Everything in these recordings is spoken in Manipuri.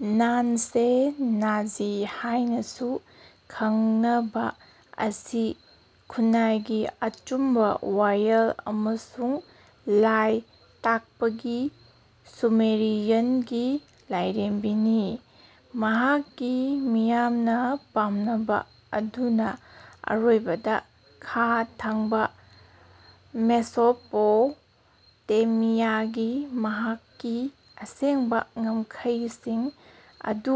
ꯅꯥꯟꯁꯦ ꯅꯥꯖꯤ ꯍꯥꯏꯅꯁꯨ ꯈꯪꯅꯕ ꯑꯁꯤ ꯈꯨꯟꯅꯥꯏꯒꯤ ꯑꯆꯨꯝꯕ ꯋꯥꯌꯦꯜ ꯑꯃꯁꯨꯡ ꯂꯥꯏ ꯇꯥꯛꯄꯒꯤ ꯁꯨꯃꯦꯔꯤꯌꯟꯒꯤ ꯂꯥꯏꯔꯦꯝꯕꯤꯅꯤ ꯃꯍꯥꯛꯀꯤ ꯃꯤꯌꯥꯝꯅ ꯄꯥꯝꯅꯕ ꯑꯗꯨꯅ ꯑꯔꯣꯏꯕꯗ ꯈꯥ ꯊꯪꯕ ꯃꯦꯁꯣꯄꯣꯇꯦꯃꯤꯌꯥꯒꯤ ꯃꯍꯥꯛꯀꯤ ꯑꯁꯦꯡꯕ ꯉꯝꯈꯩꯁꯤꯡ ꯑꯗꯨ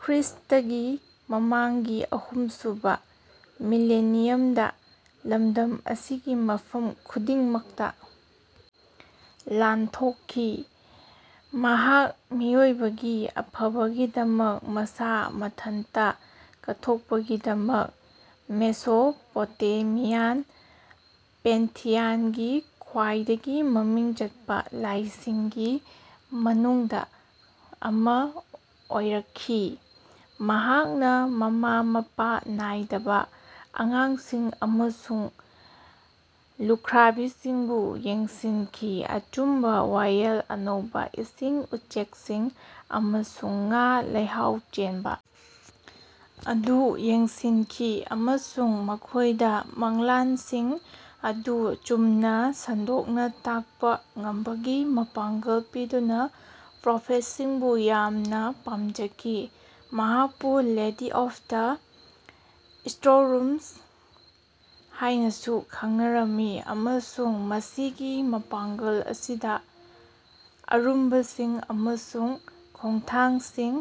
ꯈ꯭ꯔꯤꯁꯇꯒꯤ ꯃꯃꯥꯡꯒꯤ ꯑꯍꯨꯝꯁꯨꯕ ꯃꯤꯂꯦꯅꯤꯌꯝꯗ ꯂꯝꯗꯝ ꯑꯁꯤꯒꯤ ꯃꯐꯝ ꯈꯨꯗꯤꯡꯃꯛꯇ ꯂꯥꯟꯊꯣꯛꯈꯤ꯫ ꯃꯍꯥꯛ ꯃꯤꯑꯣꯏꯕꯒꯤ ꯑꯐꯕꯒꯤꯗꯃꯛ ꯃꯁꯥ ꯃꯊꯟꯇ ꯀꯠꯊꯣꯛꯄꯒꯤꯗꯃꯛ ꯃꯦꯁꯣꯄꯣꯇꯦꯃꯤꯌꯥꯟ ꯄꯦꯟꯊꯤꯌꯟꯒꯤ ꯈ꯭ꯋꯥꯏꯗꯒꯤ ꯃꯃꯤꯡ ꯆꯠꯄ ꯂꯥꯏꯁꯤꯡꯒꯤ ꯃꯅꯨꯡꯗ ꯑꯃꯥ ꯑꯣꯏꯔꯛꯈꯤ꯫ ꯃꯍꯥꯛꯅ ꯃꯃꯥ ꯃꯄꯥ ꯅꯥꯏꯗꯕ ꯑꯉꯥꯡꯁꯤꯡ ꯑꯃꯁꯨꯡ ꯂꯨꯈ꯭ꯔꯥꯕꯤꯁꯤꯡꯕꯨ ꯌꯦꯡꯁꯤꯟꯈꯤ ꯑꯆꯨꯝꯕ ꯋꯥꯌꯦꯜ ꯑꯅꯧꯕ ꯏꯁꯤꯡ ꯎꯆꯦꯛꯁꯤꯡ ꯑꯃꯁꯨꯡ ꯉꯥ ꯂꯩꯍꯥꯎ ꯆꯦꯟꯕ ꯑꯗꯨ ꯌꯦꯡꯁꯤꯟꯈꯤ ꯑꯃꯁꯨꯡ ꯃꯈꯣꯏꯗ ꯃꯪꯂꯥꯟꯁꯤꯡ ꯑꯗꯨ ꯆꯨꯝꯅ ꯁꯟꯗꯣꯛꯅ ꯇꯥꯛꯄ ꯉꯝꯕꯒꯤ ꯃꯄꯥꯡꯒꯜ ꯄꯤꯗꯨꯅ ꯄ꯭ꯔꯣꯐꯦꯠꯁꯤꯡꯕꯨ ꯌꯥꯝꯅ ꯄꯥꯝꯖꯈꯤ꯫ ꯃꯍꯥꯛꯄꯨ ꯂꯦꯗꯤ ꯑꯣꯐ ꯗ ꯁ꯭ꯇꯣꯔꯔꯨꯝꯁ ꯍꯥꯏꯅꯁꯨ ꯈꯪꯅꯔꯝꯃꯤ ꯑꯃꯁꯨꯡ ꯃꯁꯤꯒꯤ ꯃꯄꯥꯡꯒꯜ ꯑꯁꯤꯗ ꯑꯔꯨꯝꯕꯁꯤꯡ ꯑꯃꯁꯨꯡ ꯈꯣꯡꯊꯥꯡꯁꯤꯡ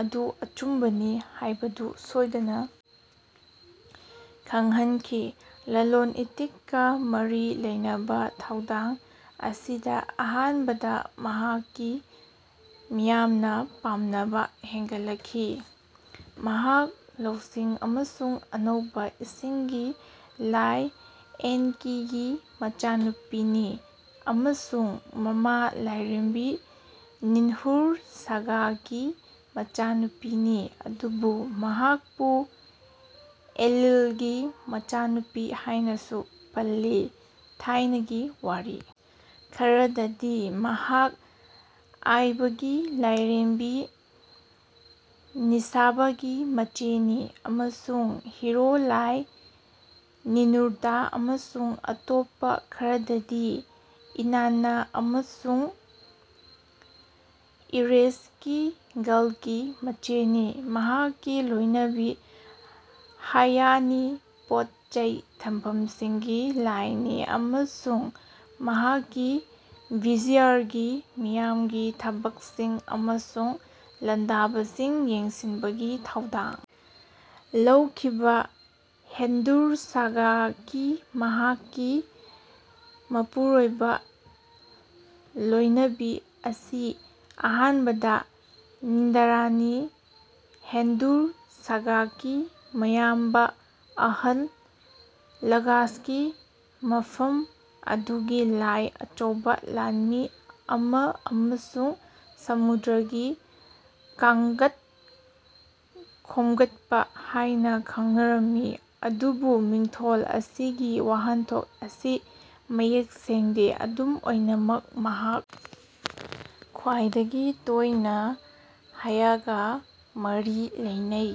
ꯑꯗꯨ ꯑꯆꯨꯝꯕꯅꯤ ꯍꯥꯏꯕꯗꯨ ꯁꯣꯏꯗꯅ ꯈꯪꯍꯟꯈꯤ꯫ ꯂꯂꯣꯟ ꯏꯇꯤꯛꯀ ꯃꯔꯤ ꯂꯩꯅꯕ ꯊꯧꯗꯥꯡ ꯑꯁꯤꯗ ꯑꯍꯥꯟꯕꯗ ꯃꯍꯥꯛꯀꯤ ꯃꯤꯌꯥꯝꯅ ꯄꯥꯝꯅꯕ ꯍꯦꯟꯒꯠꯂꯛꯈꯤ꯫ ꯃꯍꯥꯛ ꯂꯧꯁꯤꯡ ꯑꯃꯁꯨꯡ ꯑꯅꯧꯕ ꯏꯁꯤꯡꯒꯤ ꯂꯥꯏ ꯑꯦꯟꯀꯤꯒꯤ ꯃꯆꯥꯅꯨꯄꯤꯅꯤ ꯑꯃꯁꯨꯡ ꯃꯃꯥ ꯂꯥꯏꯔꯦꯝꯕꯤ ꯅꯤꯟꯍꯨꯔꯁꯥꯒꯀꯤ ꯃꯆꯥꯅꯨꯄꯤꯅꯤ ꯑꯗꯨꯕꯨ ꯃꯍꯥꯛꯄꯨ ꯑꯦꯟꯂꯤꯜꯒꯤ ꯃꯆꯥꯅꯨꯄꯤ ꯍꯥꯏꯅꯁꯨ ꯄꯜꯂꯤ꯫ ꯊꯥꯏꯅꯒꯤ ꯋꯥꯔꯤ ꯈꯔꯗꯗꯤ ꯃꯍꯥꯛ ꯑꯏꯕꯒꯤ ꯂꯥꯏꯔꯦꯝꯕꯤ ꯅꯤꯁꯥꯕꯥꯒꯤ ꯃꯆꯦꯅꯤ ꯑꯃꯁꯨꯡ ꯍꯤꯔꯣ ꯂꯥꯏ ꯅꯤꯅꯨꯔꯇꯥ ꯑꯃꯁꯨꯡ ꯑꯇꯣꯞꯄ ꯈꯔꯗꯗꯤ ꯏꯅꯥꯟꯅꯥ ꯑꯃꯁꯨꯡ ꯏꯔꯦꯁꯀꯤꯒꯜꯒꯤ ꯃꯆꯦꯅꯤ꯫ ꯃꯍꯥꯛꯀꯤ ꯂꯣꯏꯅꯕꯤ ꯍꯥꯏꯌꯥꯅꯤ ꯄꯣꯠ ꯆꯩ ꯊꯝꯐꯝꯁꯤꯡꯒꯤ ꯂꯥꯏꯅꯤ ꯑꯃꯁꯨꯡ ꯃꯍꯥꯛꯀꯤ ꯚꯤꯖꯤꯌꯔꯒꯤ ꯃꯤꯌꯥꯝꯒꯤ ꯊꯕꯛꯁꯤꯡ ꯑꯃꯁꯨꯡ ꯂꯥꯟꯗꯕꯁꯤꯡ ꯌꯦꯡꯁꯤꯟꯕꯒꯤ ꯊꯧꯗꯥꯡ ꯂꯧꯈꯤꯕ ꯍꯦꯟꯗꯨꯔꯁꯥꯒꯅꯤ꯫ ꯃꯍꯥꯛꯀꯤ ꯃꯄꯨꯔꯣꯏꯕꯂꯣꯏꯅꯕꯤ ꯑꯁꯤ ꯑꯍꯥꯟꯕꯗ ꯅꯤꯟꯗꯥꯔꯥꯅꯤ ꯍꯦꯟꯗꯨꯔꯁꯥꯒꯀꯤ ꯃꯌꯥꯝꯕ ꯑꯍꯜ ꯂꯒꯥꯁꯀꯤ ꯃꯐꯝ ꯑꯗꯨꯒꯤ ꯂꯥꯏ ꯑꯆꯧꯕ ꯂꯥꯟꯃꯤ ꯑꯃ ꯑꯃꯁꯨꯡ ꯁꯃꯨꯗ꯭ꯔꯒꯤ ꯀꯥꯡꯒꯠ ꯈꯣꯝꯒꯠꯄ ꯍꯥꯏꯅ ꯈꯡꯅꯔꯝꯃꯤ ꯑꯗꯨꯕꯨ ꯃꯤꯡꯊꯣꯜ ꯑꯁꯤꯒꯤ ꯋꯥꯍꯟꯊꯣꯛ ꯑꯁꯤ ꯃꯌꯦꯛ ꯁꯦꯡꯗꯦ꯫ ꯑꯗꯨꯝ ꯑꯣꯏꯅꯃꯛ ꯃꯍꯥꯛ ꯈ꯭ꯋꯥꯏꯗꯒꯤ ꯇꯣꯏꯅ ꯍꯥꯏꯌꯥꯒ ꯃꯔꯤ ꯂꯩꯅꯩ꯫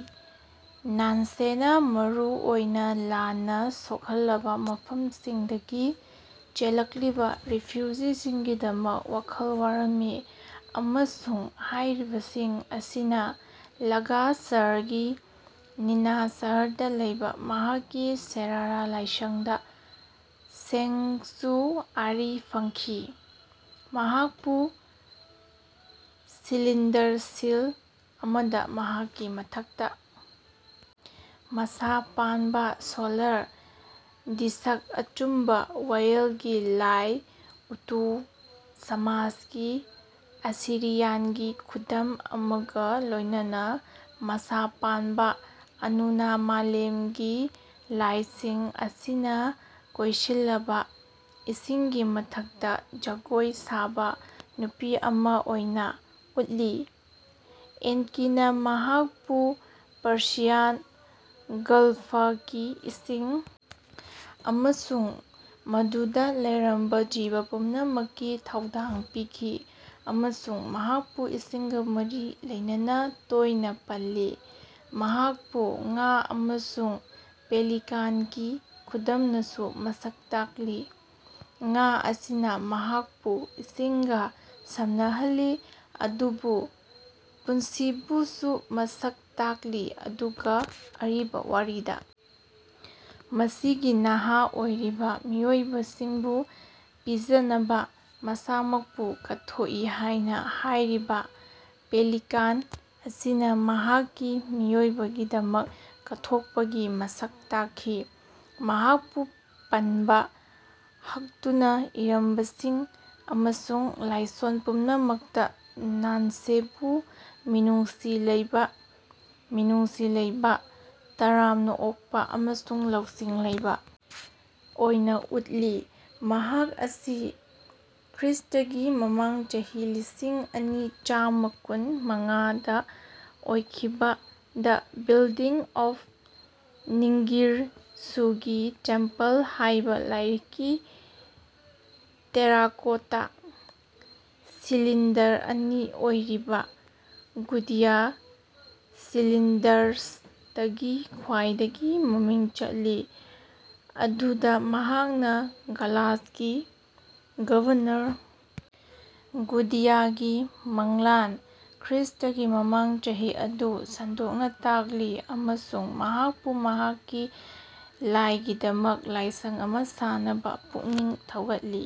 ꯅꯥꯟꯁꯦꯅ ꯃꯔꯨꯑꯣꯏꯅ ꯂꯥꯟꯅ ꯁꯣꯛꯍꯜꯂꯕ ꯂꯝꯗꯝꯁꯤꯡꯗꯒꯤ ꯆꯦꯜꯂꯛꯂꯤꯕ ꯔꯦꯐ꯭ꯌꯨꯖꯤꯁꯤꯡꯒꯤꯗꯃꯛ ꯋꯥꯈꯜ ꯋꯥꯔꯝꯃꯤ ꯑꯃꯁꯨꯡ ꯍꯥꯏꯔꯤꯕꯁꯤꯡ ꯑꯁꯤꯅ ꯂꯒꯥꯁ ꯁꯍꯔꯒꯤ ꯅꯤꯅꯥ ꯁꯍꯔꯗ ꯂꯩꯕ ꯃꯍꯥꯛꯀꯤ ꯁꯤꯔꯥꯔꯥ ꯂꯥꯏꯁꯪꯗ ꯁꯦꯡꯆꯨꯑꯔꯤ ꯐꯪꯈꯤ꯫ ꯃꯍꯥꯛꯄꯨ ꯁꯤꯂꯤꯟꯗꯔ ꯁꯤꯜ ꯑꯃꯗ ꯃꯍꯥꯛꯀꯤ ꯃꯊꯛꯇ ꯃꯁꯥ ꯄꯥꯟꯕ ꯁꯣꯂꯔ ꯗꯤꯁꯛ ꯑꯆꯨꯝꯕ ꯋꯥꯌꯦꯜꯒꯤ ꯂꯥꯏ ꯎꯇꯨ ꯁꯃꯥꯁꯀꯤ ꯑꯁꯤꯔꯤꯌꯟꯒꯤ ꯈꯨꯗꯝ ꯑꯃꯒ ꯂꯣꯏꯅꯅ ꯃꯁꯥ ꯄꯥꯟꯕ ꯑꯅꯨꯅꯥ ꯃꯥꯂꯦꯝꯒꯤ ꯂꯥꯏꯁꯤꯡ ꯑꯅꯤꯅ ꯀꯣꯏꯁꯤꯜꯂꯕ ꯏꯁꯤꯡꯒꯤ ꯃꯊꯛꯇ ꯖꯒꯣꯏ ꯁꯥꯕ ꯅꯨꯄꯤ ꯑꯃ ꯑꯣꯏꯅ ꯎꯠꯂꯤ꯫ ꯑꯦꯟꯀꯤꯅ ꯃꯍꯥꯛꯄꯨ ꯄꯔꯁꯤꯌꯥꯟ ꯒꯜꯐꯀꯤ ꯏꯁꯤꯡ ꯑꯃꯁꯨꯡ ꯃꯗꯨꯗ ꯂꯩꯔꯝꯕ ꯖꯤꯕ ꯄꯨꯝꯅꯃꯛꯀꯤ ꯊꯧꯗꯥꯡ ꯄꯤꯈꯤ ꯑꯃꯁꯨꯡ ꯃꯍꯥꯛꯄꯨ ꯏꯁꯤꯡꯒ ꯃꯔꯤ ꯂꯩꯅꯅ ꯇꯣꯏꯅ ꯄꯜꯂꯤ꯫ ꯃꯍꯥꯛꯄꯨ ꯉꯥ ꯑꯃꯁꯨꯡ ꯄꯦꯂꯤꯀꯥꯟꯒꯤ ꯈꯨꯗꯝꯅꯁꯨ ꯃꯁꯛ ꯇꯥꯛꯂꯤ ꯉꯥ ꯑꯁꯤꯅ ꯃꯍꯥꯛꯄꯨ ꯏꯁꯤꯡꯒ ꯁꯝꯅꯍꯜꯂꯤ ꯑꯗꯨꯕꯨ ꯄꯨꯟꯁꯤꯕꯨꯁꯨ ꯃꯁꯛ ꯇꯥꯛꯂꯤ ꯑꯗꯨꯒ ꯑꯔꯤꯕ ꯋꯥꯔꯤꯗ ꯃꯁꯤꯒꯤ ꯅꯍꯥ ꯑꯣꯏꯔꯤꯕ ꯃꯤꯑꯣꯏꯕꯁꯤꯡꯕꯨ ꯄꯤꯖꯅꯕ ꯃꯁꯥꯃꯛꯄꯨ ꯀꯠꯊꯣꯛꯏ ꯍꯥꯏꯅ ꯍꯥꯏꯔꯤꯕ ꯄꯦꯂꯤꯀꯥꯟ ꯑꯁꯤꯅ ꯃꯍꯥꯛꯀꯤ ꯃꯤꯑꯣꯏꯕꯒꯤꯗꯃꯛ ꯀꯠꯊꯣꯛꯄꯒꯤ ꯃꯁꯛ ꯇꯥꯛꯈꯤ꯫ ꯃꯍꯥꯛꯄꯨ ꯄꯟꯕ ꯍꯛꯇꯨꯅ ꯏꯔꯝꯕꯁꯤꯡ ꯑꯃꯁꯨꯡ ꯂꯥꯏꯁꯣꯟ ꯄꯨꯝꯅꯃꯛꯇ ꯅꯥꯟꯁꯦꯕꯨ ꯃꯤꯅꯨꯡꯁꯤ ꯂꯩꯕ ꯃꯤꯅꯨꯡꯁꯤ ꯂꯩꯕ ꯇꯔꯥꯝꯅ ꯑꯣꯛꯄ ꯑꯃꯁꯨꯡ ꯂꯧꯁꯤꯡ ꯂꯩꯕ ꯑꯣꯏꯅ ꯎꯠꯂꯤ꯫ ꯃꯍꯥꯛ ꯑꯁꯤ ꯈ꯭ꯔꯤꯁꯇꯒꯤ ꯃꯃꯥꯡ ꯆꯍꯤ ꯂꯤꯁꯤꯡ ꯑꯅꯤ ꯆꯥꯝꯃ ꯀꯨꯟ ꯃꯉꯥꯗ ꯑꯣꯏꯈꯤꯕ ꯗ ꯕꯤꯜꯗꯤꯡ ꯑꯣꯐ ꯅꯤꯡꯒꯤꯔꯁꯨꯒꯤ ꯇꯦꯝꯄꯜ ꯍꯥꯏꯕ ꯂꯥꯏꯔꯤꯛꯀꯤ ꯇꯦꯔꯥꯀꯣꯇꯥ ꯁꯤꯂꯤꯟꯗꯔ ꯑꯅꯤ ꯑꯣꯏꯔꯤꯕ ꯒꯨꯗꯤꯌꯥ ꯁꯤꯂꯤꯟꯗꯔꯁꯇꯒꯤ ꯈ꯭ꯋꯥꯏꯗꯒꯤ ꯃꯃꯤꯡ ꯆꯠꯂꯤ ꯑꯗꯨꯗ ꯃꯍꯥꯛꯅ ꯒꯂꯥꯁꯀꯤ ꯒꯕꯔꯅꯔ ꯒꯨꯗꯤꯌꯥꯒꯤ ꯃꯪꯂꯥꯟ ꯈ꯭ꯔꯤꯁꯇꯒꯤ ꯃꯃꯥꯡ ꯆꯍꯤ ꯑꯗꯨ ꯁꯟꯗꯣꯛꯅ ꯇꯥꯛꯂꯤ ꯑꯃꯁꯨꯡ ꯃꯍꯥꯛꯄꯨ ꯃꯍꯥꯛꯀꯤ ꯂꯥꯏꯒꯤꯗꯃꯛ ꯂꯥꯏꯁꯪ ꯑꯃ ꯁꯥꯅꯕ ꯄꯨꯛꯅꯤꯡ ꯊꯧꯒꯠꯂꯤ꯫